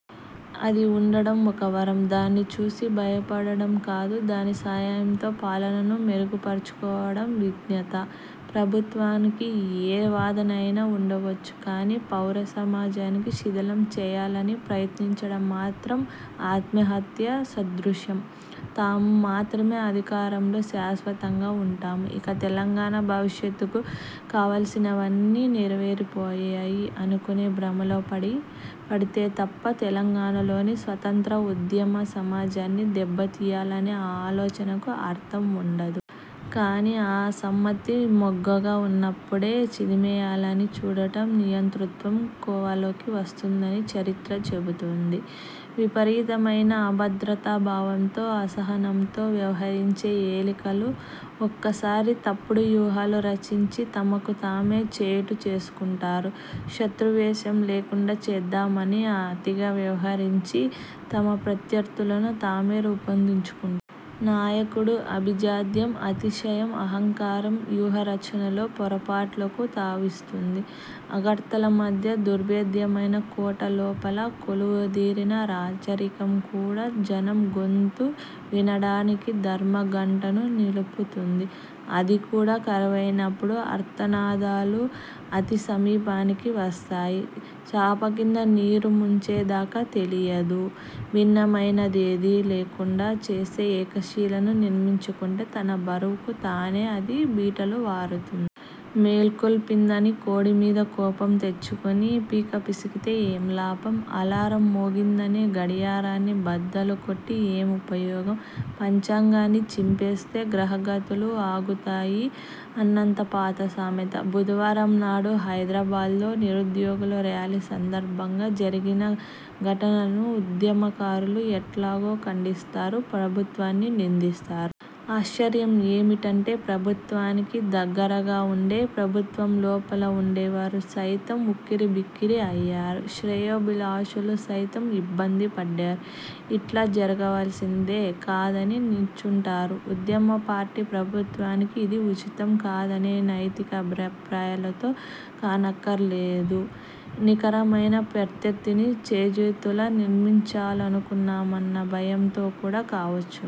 అది ఉండడం ఒక వరం. దాన్ని చూసి భయపడడం కాదు, దాని సాయంతో పాలనను మెరుగుపరుచుకోవడం విజ్ఞత. ప్రభుత్వానికి ఏ వాదన అయినా ఉండవచ్చు కానీ, పౌరసమాజాన్ని శిథిలం చేయాలని ప్రయత్నించడం మాత్రం ఆత్మహత్యా సదృశం. తాము మాత్రమే అధికారంలో శాశ్వతంగా ఉంటాము, ఇక తెలంగాణ భవిష్యత్తుకు కావలసినవన్నీ నెరవేరిపోయాయి అనుకునే భ్రమలో పడితే తప్ప, తెలంగాణలోని స్వతంత్ర ఉద్యమసమాజాన్ని దెబ్బతీయాలనే ఆలోచనకు అర్థం ఉండదు. కానీ, అసమ్మతి మొగ్గగా ఉన్నప్పుడే చిదిమివేయాలని చూడడం నియంతృత్వం కోవలోకి వస్తుందని చరిత్ర చెబుతుంది. విపరీతమైన అభద్రతాభావంతో, అసహనంతో వ్యవహరించే ఏలికలు ఒక్కోసారి తప్పుడు వ్యూహాలు రచించి, తమకు తామే చేటు చేసుకుంటారు. శత్రుశేషం లేకుండా చేద్దామని అతిగా వ్యవహరించి, తమ ప్రత్యర్థులను తామే రూపొందించుకుంటారు. నాయకుడి ఆభిజాత్యం, అతిశయం, అహంకారం- వ్యూహరచనలో పొరపాట్లకు తావిస్తుంది. అగడ్తల మధ్య దుర్భేద్యమైన కోటలోపల కొలువుదీరిన రాచరికం కూడా జనం గొంతు వినడానికి ధర్మగంటను నిలుపుతుంది. అది కూడా కరువైనప్పుడు, ఆర్తనాదాలు అతి సమీపానికి వస్తాయి. చాపకింద నీరు ముంచే దాకా తెలియదు. భిన్నమైనదేదీ లేకుండా చేసి ఏకశిలను నిర్మించుకుంటే, తన బరువుకు తానే అది బీటలు వారుతుంది. మేలుకొల్పిందని కోడి మీద కోపం తెచ్చుకుని పీకపిసికితే ఏమి లాభం? అలారం మోగిందని గడియారాన్ని బద్దలుకొట్టి ఏమి ఉపయోగం? పంచాంగాన్ని చింపేస్తే గ్రహగతులు ఆగుతాయా- అన్నది పాత సామెత. బుధవారం నాడు హైదరాబాద్లో నిరుద్యోగుల ర్యాలీ సందర్భంగా జరిగిన ఘటనలను ఉద్యమకారులు ఎట్లాగూ ఖండిస్తారు, ప్రభుత్వాన్ని నిందిస్తారు. ఆశ్చర్యం ఏమిటంటే, ప్రభుత్వానికి దగ్గరగా ఉండే, ప్రభుత్వంలోపల ఉండే వారు సైతం ఉక్కిరిబిక్కిరి అయ్యారు. శ్రేయోభిలాషులు సైతం ఇబ్బందిపడ్డారు. ఇట్లా జరగవలసింది కాదని నిట్టూర్చారు. ఉద్యమపార్టీ ప్రభుత్వానికి ఇది ఉచితం కాదనే నైతిక అభిప్రాయంతో కానక్కరలేదు, నికరమైన ప్రత్యర్థిని చేజేతులా నిర్మించుకున్నామన్న భయంతో కూడా కావచ్చును.